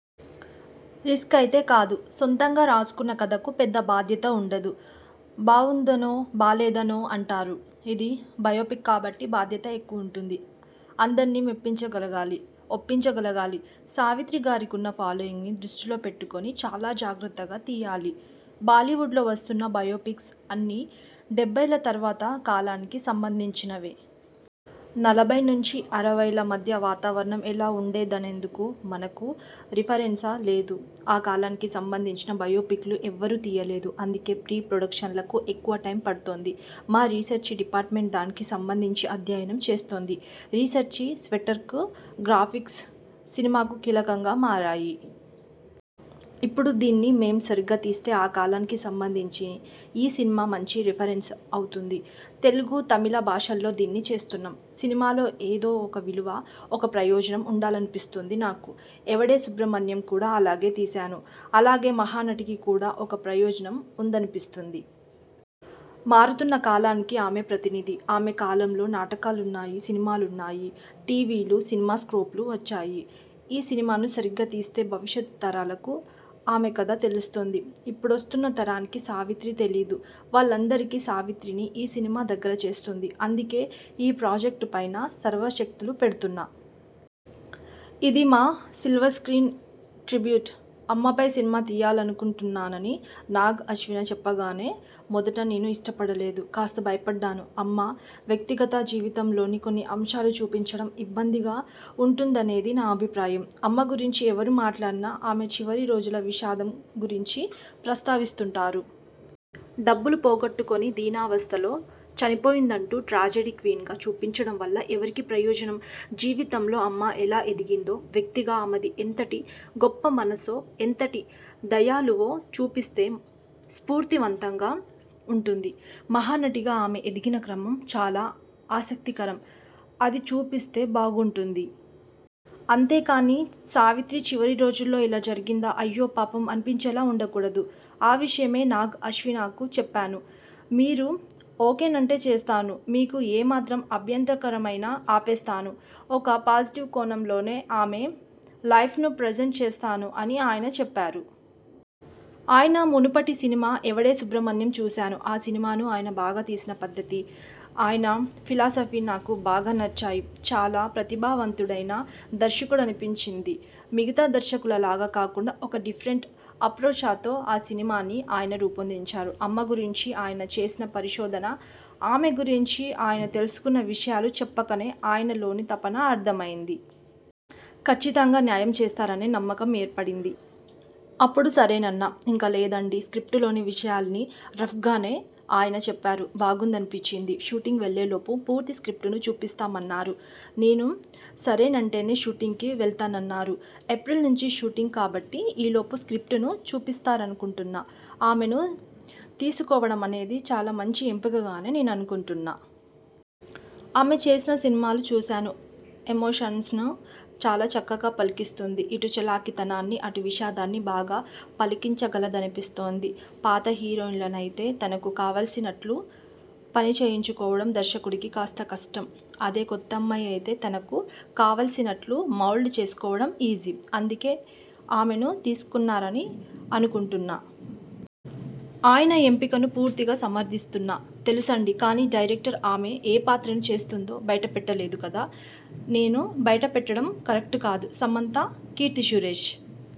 Risk అయితే కాదు. సొంతంగా రాసుకున్న కథకు పెద్ద బాధ్యత ఉండదు. బావుందనో, బాగోలేదనో అంటారు. ఇది బయోపిక్ కాబట్టి బాధ్యత ఎక్కువుంటుంది. అందర్నీ మెప్పించగలగాలి, ఒప్పించగలగాలి. సావిత్రి గారికున్న ఫాలోయింగ్ను దృష్టిలో పెట్టుకొని చాలా జాగ్రత్తగా తియ్యాలి. బాలీవుడ్లో వస్తున్న బయోపిక్స్ అన్నీ డెబ్బైల తర్వాత కాలానికి సంబంధించినవే. నలభై నుంచి అరవైల మధ్య వాతావరణం ఎలా ఉండేదనేందుకు మనకు రిఫరెన్స లేదు. ఆ కాలానికి సంబంధించిన బయోపిక్లు ఎవరూ తియ్యలేదు. అందుకే ప్రీ ప్రొడక్షనకు ఎక్కువ టైమ్ పడుతోంది. మా రిసెర్చి డిపార్ట్మెంట్ దానికి సంబంధించి అధ్యయనం చేస్తోంది. Research, network, graphics. సినిమాకు కీలకంగా మారాయి. ఇప్పుడు దీన్ని మేం సరిగ్గా తీస్తే, ఆ కాలానికి సంబంధించి ఈ సినిమా మంచి రిఫరెన్స అవుతుంది. తెలుగు, తమిళ భాషల్లో దీన్ని చేస్తున్నాం. సినిమాలో ఏదో ఒక విలువ, ఒక ప్రయోజనం ఉండాలనిపిస్తుంది నాకు. 'ఎవడే సుబ్రమణ్యం' కూడా అలాగే తీశాను. అలాగే 'మహానటి'కి కూడా ఒక ప్రయోజనం ఉందనిపిస్తుంది. మారుతున్న కాలానికి ఆమె ప్రతినిధి. ఆమె కాలంలో నాటకాలున్నాయి, సినిమాలున్నాయి. టీవీలు, సినిమాస్కోప్లు వచ్చాయి. ఈ సినిమాను సరిగ్గా తీస్తే భవిష్యత్ తరాలకు ఆమె కథ తెలుస్తుంది. ఇప్పుడొస్తున్న తరానికి సావిత్రి తెలీదు. వాళ్లందరికీ సావిత్రిని ఈ సినిమా దగ్గర చేస్తుంది. అందుకే ఈ ప్రాజెక్ట్ పైనా సర్వశక్తులూ పెడుతున్నా. ఇది మా సిల్వర్ స్ర్కీన్ ట్రిబ్యూట్! అమ్మపై సినిమా తీయాలనుకుంటున్నానని నాగ్ అశ్విన చెప్పగానే మొదట నేను ఇష్టపడలేదు. కాస్త భయపడ్డాను. అమ్మ వ్యక్తిగత జీవితంలోని కొన్ని అంశాలు చూపించడం ఇబ్బందిగా ఉంటుందనేది నా అభిప్రాయం. అమ్మ గురించి ఎవరు మాట్లాడినా ఆమె చివరి రోజుల విషాదం గురించి ప్రస్తావిస్తుంటారు. డబ్బులు పోగొట్టుకొని దీనావస్థలో చనిపోయిందంటూ ట్రాజెడీ క్వీనగా చూపించడం వల్ల ఎవరికి ప్రయోజనం? జీవితంలో అమ్మ ఎలా ఎదిగిందో, వ్యక్తిగా ఆమెది ఎంతటి గొప్ప మనసో, ఎంతటి దయాళువో చూపిస్తే స్ఫూర్తివంతంగా ఉంటుంది. 'మహానటి'గా ఆమె ఎదిగిన క్రమం చాలా ఆసక్తికరం. అది చూపిస్తే బాగుంటుంది. అంతే కానీ 'సావిత్రి చివరి రోజుల్లో ఇలా జరిగిందా? అయ్యో పాపం' అనిపించేలా ఉండకూడదు. ఆ విషయమే నాగ్ అశ్వినకు చెప్పాను. 'మీరు ఓకేనంటే చేస్తాను. మీకు ఏ మాత్రం అభ్యంతరకరమైనా ఆపేస్తాను. ఒక పాజిటివ్ కోణంలోనే ఆమె లైఫ్ను ప్రెజెంట్ చేస్తాను' అని ఆయన చెప్పారు. ఆయన మునుపటి సినిమా 'ఎవడే సుబ్రమణ్యం' చూశాను. ఆ సినిమాను ఆయన తీసిన పద్ధతీ, ఆయన ఫిలాసఫీ నాకు బాగా నచ్చాయి. చాలా ప్రతిభావంతుడైన దర్శకుడనిపించింది. మిగతా దర్శకుల లాగా కాకుండా ఒక డిఫరెంట్ అప్రోచతో ఆ సినిమాని ఆయన రూపొందించారు. అమ్మ గురించి ఆయన చేసిన పరిశోధన, ఆమె గురించి ఆయన తెలుసుకున్న విషయాలు చెప్పాకనే ఆయనలోని తపన అర్థమైంది. కచ్చితంగా న్యాయం చేస్తారనే నమ్మకం ఏర్పడింది. అప్పుడు సరేనన్నా. ఇంకా లేదండీ. స్ర్కిప్టులోని విషయాల్ని రఫ్గానే ఆయన చెప్పారు. బాగుందనిపించింది. షూటింగ్ వెళ్లేలోపు పూర్తి స్ర్కిప్టును చూపిస్తామన్నారు. నేను సరేనంటేనే షూటింగ్కు వెళ్తానన్నారు. ఏప్రిల్ నుంచి షూటింగ్ కాబట్టి ఈలోపు స్ర్కిప్టును చూపిస్తారనుకుంటున్నా. ఆమెను తీసుకోవడమనేది చాలా మంచి ఎంపికగానే నేననుకుంటున్నా. ఆమె చేసిన సినిమాలు చూశాను. ఎమోషన్స్ను చాలా చక్కగా పలికిస్తుంది. ఇటు చలాకీతనాన్నీ, అటు విషాదాన్నీ బాగా పలికించగలదనిపిస్తోంది. పాత హీరోయినలనైతే తనకు కావాల్సినట్లు పనిచేయించుకోవడం దర్శకుడికి కాస్త కష్టం. అదే కొత్తమ్మాయి అయితే తనకు కావాల్సినట్లు మౌల్డ్ చేసుకోవడం ఈజీ. అందుకే ఆమెను తీసుకున్నారని అనుకుంటున్నా. ఆయన ఎంపికను పూర్తిగా సమర్థిస్తున్నా. తెలుసండీ. కానీ డైరెక్టర్ ఆమె ఏ పాత్రను చేస్తోందో బయటపెట్టలేదు కదా. నేను బయటపెట్టడం కరెక్ట్ కాదు. సమంత, కీర్తి సురేశ్